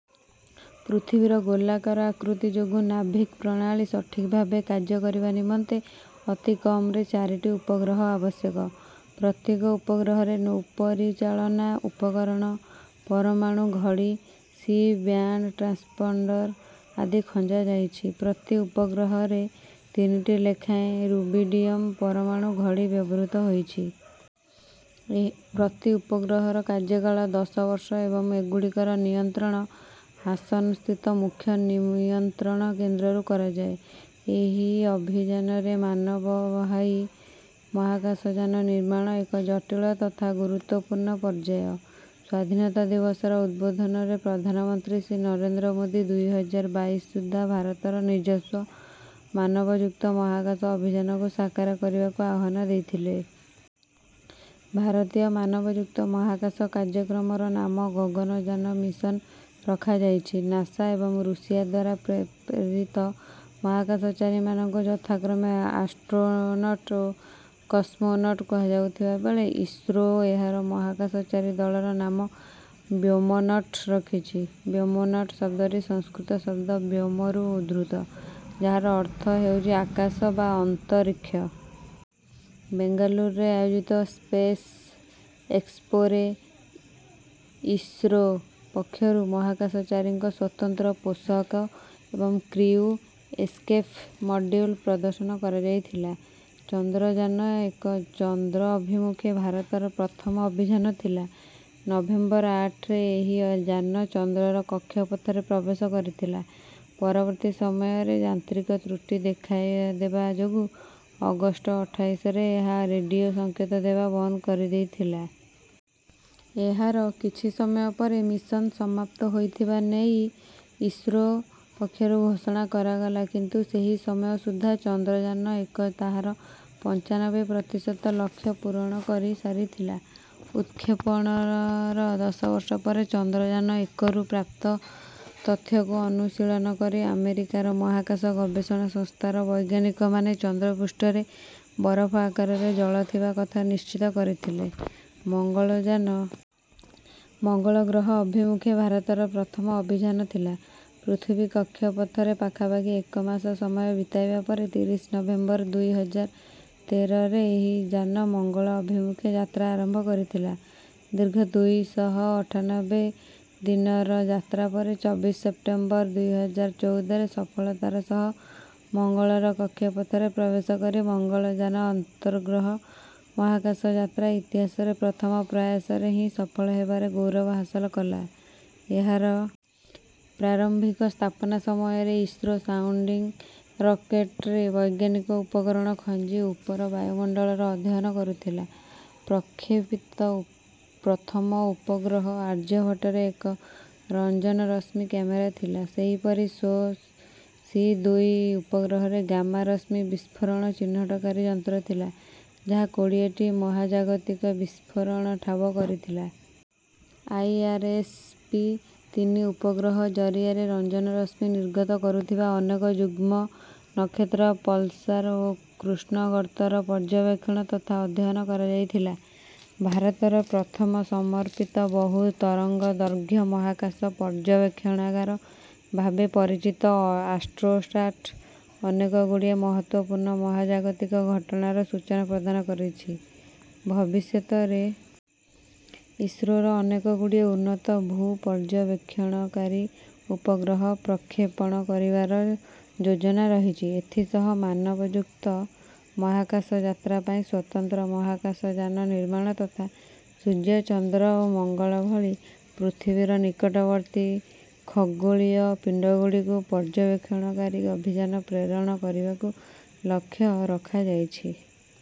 ପୃଥିବୀର ଗୋଲାକାର ଆକୃତି ଯୋଗୁଁ ନାଭିକ୍ ପ୍ରଣାଳୀ ସଠିକ୍ ଭାବେ କାର୍ଯ୍ୟ କରିବା ନିମନ୍ତେ ଅତି କମରେ ଚାରିଟି ଉପଗ୍ରହ ଆବଶ୍ୟକ। ପ୍ରତ୍ୟେକ ଉପଗ୍ରହରେ ନୌପରିଚାଳନା ଉପକରଣ, ପରମାଣୁ ଘଡ଼ି, ସି ବ୍ୟାଣ୍ଡ ଟ୍ରାନ୍ସପଣ୍ଡର ଆଦି ଖଞ୍ଜାଯାଇଛି। ପ୍ରତି ଉପଗ୍ରହରେ ତିନିଟି ଲେଖାଏଁ ରୁବିଡିୟମ୍ ପରମାଣୁ ଘଡ଼ି ବ୍ୟବହୃତ ହୋଇଛି। ଏ ପ୍ରତି ଉପଗ୍ରହର କାର୍ଯ୍ୟକାଳ ଦଶ ବର୍ଷ ଏବଂ ଏଗୁଡ଼ିକର ନିୟନ୍ତ୍ରଣ ହାସନ୍ ସ୍ଥିତ ମୁଖ୍ୟ ନିୟନ୍ତ୍ରଣ କେନ୍ଦ୍ରରୁ କରାଯାଏ। ଏହି ଅଭିଯାନରେ ମାନବବାହୀ ମହାକାଶଯାନ ନିର୍ମାଣ ଏକ ଜଟିଳ ତଥା ଗୁରୁତ୍ୱପୂର୍ଣ୍ଣ ପର୍ଯ୍ୟାୟ। ସ୍ୱାଧୀନତା ଦିବସର ଉଦ୍‌ବୋଧନରେ ପ୍ରଧାନମନ୍ତ୍ରୀ ଶ୍ରୀ ନରେନ୍ଦ୍ର ମୋଦୀ ଦୁଇ ହଜାର ବାଇଶ ସୁଦ୍ଧା ଭାରତର ନିଜସ୍ୱ ମାନବଯୁକ୍ତ ମହାକାଶ ଅଭିଯାନକୁ ସାକାର କରିବାକୁ ଆହ୍ୱାନ ଦେଇଥିଲେ। ଭାରତୀୟ ମାନବଯୁକ୍ତ ମହାକାଶ କାର୍ଯ୍ୟକ୍ରମର ନାମ ଗଗନଯାନ ମିଶନ୍ ରଖାଯାଇଛି। ନାସା ଏବଂ ରୁଷିଆ ଦ୍ୱାରା ପେ ପ୍ରେରିତ ମହାକାଶଚାରୀମାନଙ୍କୁ ଯଥାକ୍ରମେ ଆଷ୍ଟ୍ରୋନଟ୍ ଓ କସମୋନଟ୍ କୁହାଯାଉଥିବା ବେଳେ, ଇସ୍ରୋ ଏହାର ମହାକାଶଚାରୀ ଦଳର ନାମ ବ୍ୟୋମନଟ୍ ରଖିଛି। ବ୍ୟୋମନଟ୍ ଶବ୍ଦଟି ସଂସ୍କୃତ ଶବ୍ଦ ବ୍ୟୋମରୁ ଉଦ୍ଧୃତ, ଯାହାର ଅର୍ଥ ହେଉଛି ଆକାଶ ବା ଅନ୍ତରୀକ୍ଷ। ବେଙ୍ଗାଲୁରୁରେ ଆୟୋଜିତ ସ୍ପେସ୍ ଏକ୍ସପୋରେ ଇସ୍ରୋ ପକ୍ଷରୁ ମହାକାଶଚାରୀଙ୍କ ସ୍ୱତନ୍ତ୍ର ପୋଷାକ ଏବଂ କ୍ରିଉ ଏସ୍‌କେପ୍ ମଡ୍ୟୁଲ୍ ପ୍ରଦର୍ଶନ କରାଯାଇଥିଲା। ଚନ୍ଦ୍ରଯାନ ଏକ ଚନ୍ଦ୍ର ଅଭିମୁଖେ ଭାରତର ପ୍ରଥମ ଅଭିଯାନ ଥିଲା। ନଭେମ୍ବର ଆଠରେ ଏହି ଯାନ ଚନ୍ଦ୍ରର କକ୍ଷପଥରେ ପ୍ରବେଶ କରିଥିଲା। ପରବର୍ତ୍ତୀ ସମୟରେ ଯାନ୍ତ୍ରିକ ତ୍ରୁଟି ଦେଖାଦେବା ଯୋଗୁଁ ଅଗଷ୍ଟ ଅଠାଇଶରେ ଏହା ରେଡିଓ ସଙ୍କେତ ଦେବା ବନ୍ଦ କରିଦେଇଥିଲା। ଏହାର କିଛି ସମୟ ପରେ ମିଶନ୍ ସମାପ୍ତ ହୋଇଥିବା ନେଇ ଇସ୍ରୋ ପକ୍ଷରୁ ଘୋଷଣା କରାଗଲା କିନ୍ତୁ ସେହି ସମୟ ସୁଦ୍ଧା ଚନ୍ଦ୍ରଯାନ ଏକ ତାହାର ପଞ୍ଚାନବେ ପ୍ରତିଶତ ଲକ୍ଷ୍ୟ ପୂରଣ କରିସାରିଥିଲା। ଉତ୍‌କ୍ଷେପଣର ଦଶ ବର୍ଷ ପରେ ଚନ୍ଦ୍ରଯାନ ଏକରୁ ପ୍ରାପ୍ତ ତଥ୍ୟକୁ ଅନୁଶୀଳନ କରି ଆମେରିକାର ମହାକାଶ ଗବେଷଣା ସଂସ୍ଥାର ବୈଜ୍ଞାନିକମାନେ ଚନ୍ଦ୍ରପୃଷ୍ଠରେ ବରଫ ଆକାରରେ ଜଳ ଥିବା କଥା ନିଶ୍ଚିତ କରିଥିଲେ। ମଙ୍ଗଳଯାନ ମଙ୍ଗଳ ଗ୍ରହ ଅଭିମୁଖେ ଭାରତର ପ୍ରଥମ ଅଭିଯାନ ଥିଲା। ପୃଥିବୀ କକ୍ଷପଥରେ ପାଖାପାଖି ଏକ ମାସ ସମୟ ବିତାଇବା ପରେ ତିରିଶ ନଭେମ୍ବର ଦୁଇ ହଜାର ତେରରେ ଏହି ଯାନ ମଙ୍ଗଳ ଅଭିମୁଖେ ଯାତ୍ରା ଆରମ୍ଭ କରିଥିଲା। ଦୀର୍ଘ ଦୁଇ ଶହ ଅଠାନବେ ଦିନର ଯାତ୍ରା ପରେ ଚବିଶ ସେପ୍ଟେମ୍ବର ଦୁଇ ହଜାର ଚଉଦରେ ସଫଳତାର ସହ ମଙ୍ଗଳର କକ୍ଷପଥରେ ପ୍ରବେଶ କରି ମଙ୍ଗଳଯାନ ଅନ୍ତର୍ଗ୍ରହ ମହାକାଶ ଯାତ୍ରା ଇତିହାସରେ ପ୍ରଥମ ପ୍ରୟାସରେ ହିଁ ସଫଳ ହେବାର ଗୌରବ ହାସଲ କଲା। ଏହାର ପ୍ରାରମ୍ଭିକ ସ୍ଥାପନା ସମୟରେ ଇସ୍ରୋ ସାଉଣ୍ଡିଂ ରକେଟ୍‌ରେ ବୈଜ୍ଞାନିକ ଉପକରଣ ଖଞ୍ଜି ଉପର ବାୟୁମଣ୍ଡଳର ଅଧ୍ୟୟନ କରୁଥିଲା। ପ୍ରକ୍ଷେପିତ ପ୍ରଥମ ଉପଗ୍ରହ ଆର୍ଯ୍ୟଭଟ୍ଟରେ ଏକ ରଞ୍ଜନ ରଶ୍ମି କ୍ୟାମେରା ଥିଲା। ସେହିପରି ସ୍ରୋସ୍ ସି ଦୁଇ ଉପଗ୍ରହରେ ଗାମା ରଶ୍ମି ବିସ୍ଫୋରଣ ଚିହ୍ନଟକାରୀ ଯନ୍ତ୍ର ଥିଲା, ଯାହା କୋଡ଼ିଏଟି ମହାଜାଗତିକ ବିସ୍ଫୋରଣ ଠାବ କରିଥିଲା। ଆଇଆର୍‌ଏସ୍ ପି ତିନି ଉପଗ୍ରହ ଜରିଆରେ ରଞ୍ଜନ ରଶ୍ମି ନିର୍ଗତ କରୁଥିବା ଅନେକ ଯୁଗ୍ମ ନକ୍ଷତ୍ର, ପଲସାର୍ ଓ କୃଷ୍ଣଗର୍ତ୍ତର ପର୍ଯ୍ୟବେକ୍ଷଣ ତଥା ଅଧ୍ୟୟନ କରାଯାଇଥିଲା। ଭାରତର ପ୍ରଥମ ସମର୍ପିତ ବହୁ ତରଙ୍ଗଦୈର୍ଘ୍ୟ ମହାକାଶ ପର୍ଯ୍ୟବେକ୍ଷଣାଗାର ଭାବେ ପରିଚିତ ଆଷ୍ଟ୍ରୋସାଟ୍ ଅନେକଗୁଡ଼ିଏ ମହତ୍ତ୍ୱପୂର୍ଣ୍ଣ ମହାଜାଗତିକ ଘଟଣାର ସୂଚନା ପ୍ରଦାନ କରିଛି। ଭବିଷ୍ୟତରେ ଇସ୍ରୋର ଅନେକଗୁଡ଼ିଏ ଉନ୍ନତ ଭୂପର୍ଯ୍ୟବେକ୍ଷଣକାରୀ ଉପଗ୍ରହ ପ୍ରକ୍ଷେପଣ କରିବାର ଯୋଜନା ରହିଛି। ଏଥିସହ ମାନବଯୁକ୍ତ ମହାକାଶ ଯାତ୍ରା ପାଇଁ ସ୍ୱତନ୍ତ୍ର ମହାକାଶଯାନ ନିର୍ମାଣ ତଥା ସୂର୍ଯ୍ୟ, ଚନ୍ଦ୍ର ଓ ମଙ୍ଗଳ ଭଳି ପୃଥିବୀର ନିକଟବର୍ତ୍ତୀ ଖଗୋଳୀୟ ପିଣ୍ଡଗୁଡ଼ିକୁ ପର୍ଯ୍ୟବେକ୍ଷଣକାରୀ ଅଭିଯାନ ପ୍ରେରଣ କରିବାକୁ ଲକ୍ଷ୍ୟ ରଖାଯାଇଛି।